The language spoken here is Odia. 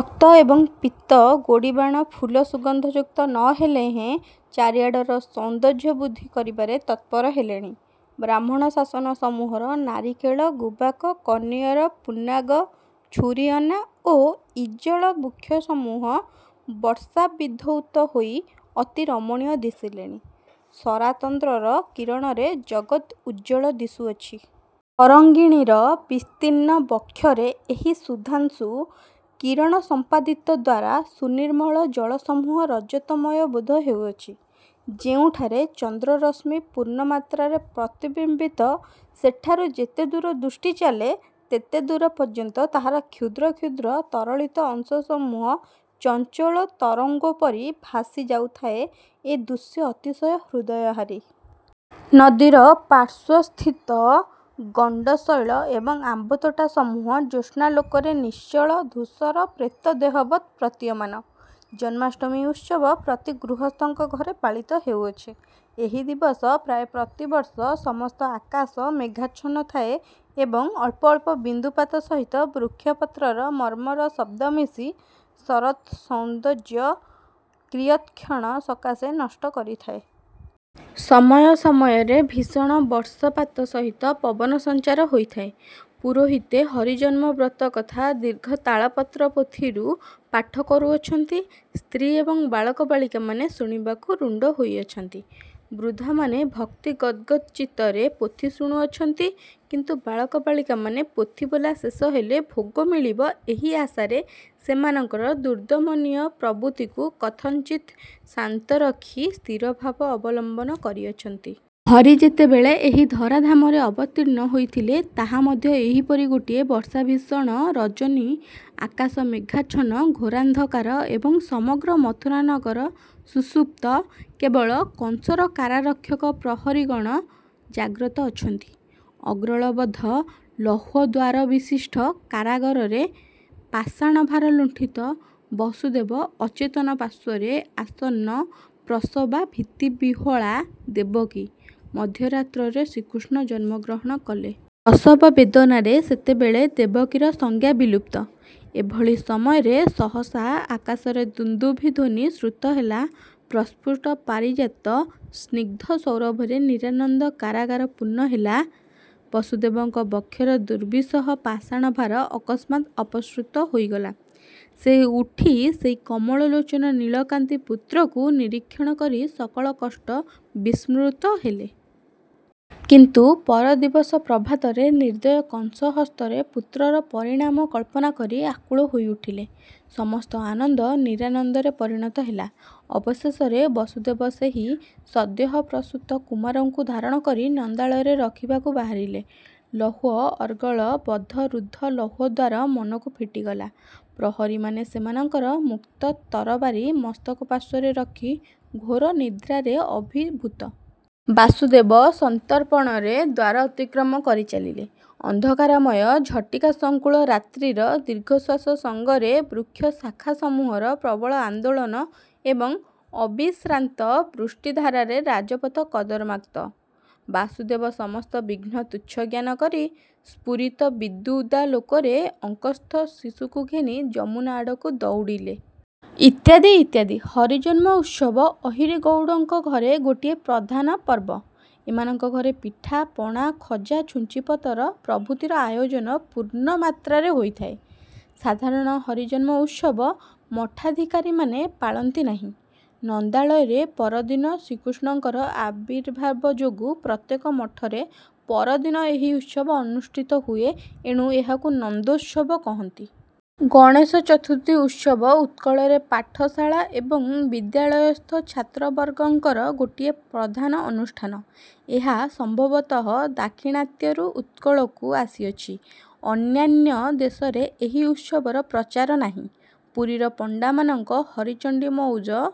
ରକ୍ତ ଏବଂ ପୀତ ଗୋଡ଼ିବାଣ ଫୁଲ ସୁଗନ୍ଧଯୁକ୍ତ ନ ହେଲେହେଁ ଚାରିଆଡ଼ର ସୌନ୍ଦର୍ଯ୍ୟବୃଦ୍ଧି କରିବାରେ ତତ୍ପର ହେଲେଣି। ବ୍ରାହ୍ମଣ ଶାସନ ସମୂହର ନାରିକେଳ, ଗୁବାକ, କନିଅର, ପୁନ୍ନାଗ, ଛୁରିଅନା, ଓ ଇଜ୍ଜଳ ବୃକ୍ଷସମୂହ ବର୍ଷାବିଧୌତ ହୋଇ ଅତି ରମଣୀୟ ଦିଶିଲେଣି। ଶରାତନ୍ଦ୍ରର କିରଣରେ ଜଗତ୍ ଉଜ୍ଜ୍ୱଳ ଦିଶୁଅଛି। ତରଙ୍ଗିଣୀର ବିସ୍ତୀର୍ଣ୍ଣ ବକ୍ଷରେ ଏହି ସୁଧାଂଶୁ କିରଣସମ୍ପାଦିତଦ୍ୱାରା ସୁନିର୍ମଳ ଜଳସମୂହ ରଜତମୟ ବୋଧ ହେଉଅଛି। ଯେଉଁଠାରେ ଚନ୍ଦ୍ରରଶ୍ମି ପୂର୍ଣ୍ଣମାତ୍ରାରେ ପ୍ରତିବିମ୍ୱିତ ସେଠାରୁ ଯେତେଦୂର ଦୃଷ୍ଟି ଚାଲେ, ତେତେଦୂର ପର୍ଯ୍ୟନ୍ତ ତାହାର କ୍ଷୁଦ୍ର କ୍ଷୁଦ୍ର ତରଳିତ ଅଂଶସମୂହ ଚଞ୍ଚଳ ତରଙ୍ଗୋପରି ଭାସି ଯାଉଥାଏ ଏ ଦୃଶ୍ୟ ଅତିଶୟ ହୃଦୟହାରୀ! ନଦୀର ପାର୍ଶ୍ୱସ୍ଥିତ ଗଣ୍ଡଶୈଳ ଏବଂ ଆମ୍ୱତୋଟା ସମୂହ ଜ୍ୟୋତ୍ସ୍ନାଲୋକରେ ନିଶ୍ଚଳ, ଧୂସର ପ୍ରେତଦେହବତ୍ ପ୍ରତୀୟମାନ! ଜନ୍ମାଷ୍ଟମୀ ଉତ୍ସବ ପ୍ରତି ଗୃହସ୍ଥଙ୍କ ଘରେ ପାଳିତ ହେଉଅଛି। ଏହି ଦିବସ ପ୍ରାୟ ପ୍ରତି ବର୍ଷ ସମସ୍ତ ଆକାଶ ମେଘାଚ୍ଛନ୍ନ ଥାଏ ଏବଂ ଅଳ୍ପ ଅଳ୍ପ ବିନ୍ଦୁପାତ ସହିତ ବୃକ୍ଷପତ୍ରର ମର୍ମର ଶବ୍ଦ ମିଶି ଶରତ୍-ସୌନ୍ଦର୍ଯ୍ୟ କିୟତ୍କ୍ଷଣ ସକାଶେ ନଷ୍ଟ କରିଥାଏ। ସମୟ ସମୟରେ ଭୀଷଣ ବର୍ଷ ପାତ ସହିତ ପବନସଞ୍ଚାର ହୋଇଥାଏ। ପୁରୋହିତେ ହରିଜନ୍ମ ବ୍ରତ କଥା ଦୀର୍ଘ ତାଳପତ୍ର ପୋଥିରୁ ପାଠ କରୁଅଛନ୍ତି, ସ୍ତ୍ରୀ ଏବଂ ବାଳକ ବାଳିକାମାନେ ଶୁଣିବାକୁ ରୁଣ୍ଡ ହୋଇଅଛନ୍ତି। ବୃଦ୍ଧାମାନେ ଭକ୍ତି ଗଦ୍ଗଦ ଚିତ୍ତରେ ପୋଥି ଶୁଣୁଅଛନ୍ତି, କିନ୍ତୁ ବାଳକ ବାଳିକାମାନେ ପୋଥିବୋଲା ଶେଷ ହେଲେ ଭୋଗ ମିଳିବ ଏହି ଆଶାରେ ସେମାନଙ୍କର ଦୁର୍ଦମନୀୟ ପ୍ରବୃତ୍ତିକୁ କଥଞ୍ଚିତ୍ ଶାନ୍ତ ରଖି ସ୍ଥିରଭାବ ଅବଲମ୍ୱନ କରିଅଛନ୍ତି। ହରି ଯେତେବେଳେ ଏହି ଧରାଧାମରେ ଅବତୀର୍ଣ୍ଣ ହୋଇଥିଲେ ତାହା ମଧ୍ୟ ଏହିପରି ଗୋଟିଏ ବର୍ଷାଭୀଷଣ ରଜନୀ ଆକାଶ ମେଘାଚ୍ଛନ୍ନ, ଘୋରାନ୍ଧକାର ଏବଂ ସମଗ୍ର ମଥୁରା ନଗର ସୁଷୁପ୍ତ କେବଳ କଂସର କାରାରକ୍ଷକ ପ୍ରହରିଗଣ ଜାଗ୍ରତ ଅଛନ୍ତି। ଅର୍ଗଳବଦ୍ଧ ଲୌହଦ୍ୱାରବିଶିଷ୍ଠ କାରାଗାରରେ ପାଷାଣଭାରଲୁଣ୍ଠିତ ବସୁଦେବ ଅଚେତନ ପାର୍ଶ୍ୱରେ ଆସନ୍ନ ପ୍ରସବା ଭୀତିବିହ୍ୱଳା ଦେବକୀ; ମଧ୍ୟରାତ୍ରରେ ଶ୍ରୀକୃଷ୍ଣ ଜନ୍ମଗ୍ରହଣ କଲେ। ପ୍ରସବବେଦନାରେ ସେତେବେଳେ ଦେବକୀର ସଂଜ୍ଞା ବିଲୁପ୍ତ। ଏଭଳି ସମୟରେ ସହସା ଆକାଶରେ ଦୁନ୍ଦୁଭି ଧ୍ୱନି ଶ୍ରୁତ ହେଲା, ପ୍ରସ୍ଫୁଟ ପାରିଜାତ ସ୍ନିଗ୍ଧ ସୌରଭରେ ନିରାନନ୍ଦ କାରାଗାର ପୂର୍ଣ୍ଣ ହେଲା, ବସୁଦେବଙ୍କ ବକ୍ଷର ଦୁର୍ବିସହ ପାଷାଣଭାର ଅକସ୍ମାତ୍ ଅପସୃତ ହୋଇଗଲା! ସେ ଉଠି ସେହି କମଳଲୋଚନ ନୀଳକାନ୍ତି ପୁତ୍ରକୁ ନିରୀକ୍ଷଣ କରି ସକଳ କଷ୍ଟ ବିସ୍ମୃତ ହେଲେ। କିନ୍ତୁ ପରଦିବସ ପ୍ରଭାତରେ ନିର୍ଦୟ କଂସ ହସ୍ତରେ ପୁତ୍ରର ପରିଣାମ କଳ୍ପନା କରି ଆକୁଳ ହୋଇ ଉଠିଲେ, ସମସ୍ତ ଆନନ୍ଦ ନିରାନନ୍ଦରେ ପରିଣତ ହେଲା। ଅବଶେଷରେ ବସୁଦେବ ସେହି ସଦ୍ୟଃପ୍ରସୂତ କୁମାରଙ୍କୁ ଧାରଣ କରି ନନ୍ଦାଳୟରେ ରଖିବାକୁ ବାହାରିଲେ, ଲୌହ ଅର୍ଗଳ ବଦ୍ଧ ରୁଦ୍ଧ ଲୌହଦ୍ୱାର ମନକୁ ଫିଟିଗଲା, ପ୍ରହରିମାନେ ସେମାନଙ୍କର ମୁକ୍ତ ତରବାରି ମସ୍ତକପାର୍ଶ୍ୱରେ ରଖି ଘୋର ନିଦ୍ରାରେ ଅଭିଭୂତ! ବାସୁଦେବ ସନ୍ତର୍ପଣରେ ଦ୍ୱାର ଅତିକ୍ରମ କରି ଚାଲିଲେ। ଅନ୍ଧକାରମୟ, ଝଟିକା ସଂକୁଳ ରାତ୍ରିର ଦୀର୍ଘଶ୍ୱାସ ସଙ୍ଗରେ ବୃକ୍ଷଶାଖାସମୂହର ପ୍ରବଳ ଆନ୍ଦୋଳନ ଏବଂ ଅବିଶ୍ରାନ୍ତ ବୃଷ୍ଟିଧାରାରେ ରାଜପଥ କର୍ଦମାକ୍ତ। ବାସୁଦେବ ସମସ୍ତ ବିଘ୍ନ ତୁଚ୍ଛ ଜ୍ଞାନ କରି ସ୍ଫୁରିତ ବିଦ୍ୟୁଦାଲୋକରେ ଅଙ୍କସ୍ଥ ଶିଶୁକୁ ଘେନି ଯମୁନା ଆଡ଼କୁ ଦଉଡ଼ିଲେ। ଇତ୍ୟାଦି, ଇତ୍ୟାଦି। ହରିଜନ୍ମ ଉତ୍ସବ ଅହିରି ଗଉଡ଼ଙ୍କ ଘରେ ଗୋଟିଏ ପ୍ରଧାନ ପର୍ବ। ଏମାନଙ୍କ ଘରେ ପିଠା, ପଣା, ଖଜା, ଛୁଞ୍ଚିପତର ପ୍ରଭୃତିର ଆୟୋଜନ ପୂର୍ଣ୍ଣମାତ୍ରାରେ ହୋଇଥାଏ। ସାଧାରଣ ହରିଜନ୍ମ ଉତ୍ସବ ମଠାଧିକାରିମାନେ ପାଳନ୍ତି ନାହିଁ। ନନ୍ଦାଳୟରେ ପରଦିନ ଶ୍ରୀକୃଷ୍ଣଙ୍କର ଆବିର୍ଭାବ ଯୋଗୁଁ ପ୍ରତ୍ୟେକ ମଠରେ ପରଦିନ ଏହି ଉତ୍ସବ ଅନୁଷ୍ଠିତ ହୁଏ ଏଣୁ ଏହାକୁ ନନ୍ଦୋତ୍ସବ କହନ୍ତି। ଗଣେଶଚତୁର୍ଥୀ ଉତ୍ସବ ଉତ୍କଳରେ ପାଠଶାଳା ଏବଂ ବିଦ୍ୟାଳୟସ୍ଥ ଛାତ୍ରବର୍ଗଙ୍କର ଗୋଟିଏ ପ୍ରଧାନ ଅନୁଷ୍ଠାନ। ଏହା ସମ୍ଭବତଃ ଦାକ୍ଷିଣାତ୍ୟରୁ ଉତ୍କଳକୁ ଆସିଅଛି। ଅନ୍ୟାନ୍ୟ ଦେଶରେ ଏହି ଉତ୍ସବର ପ୍ରଚାର ନାହିଁ। ପୁରୀର ପଣ୍ଡାମାନଙ୍କ ହରଚଣ୍ଡୀ ମଉଜ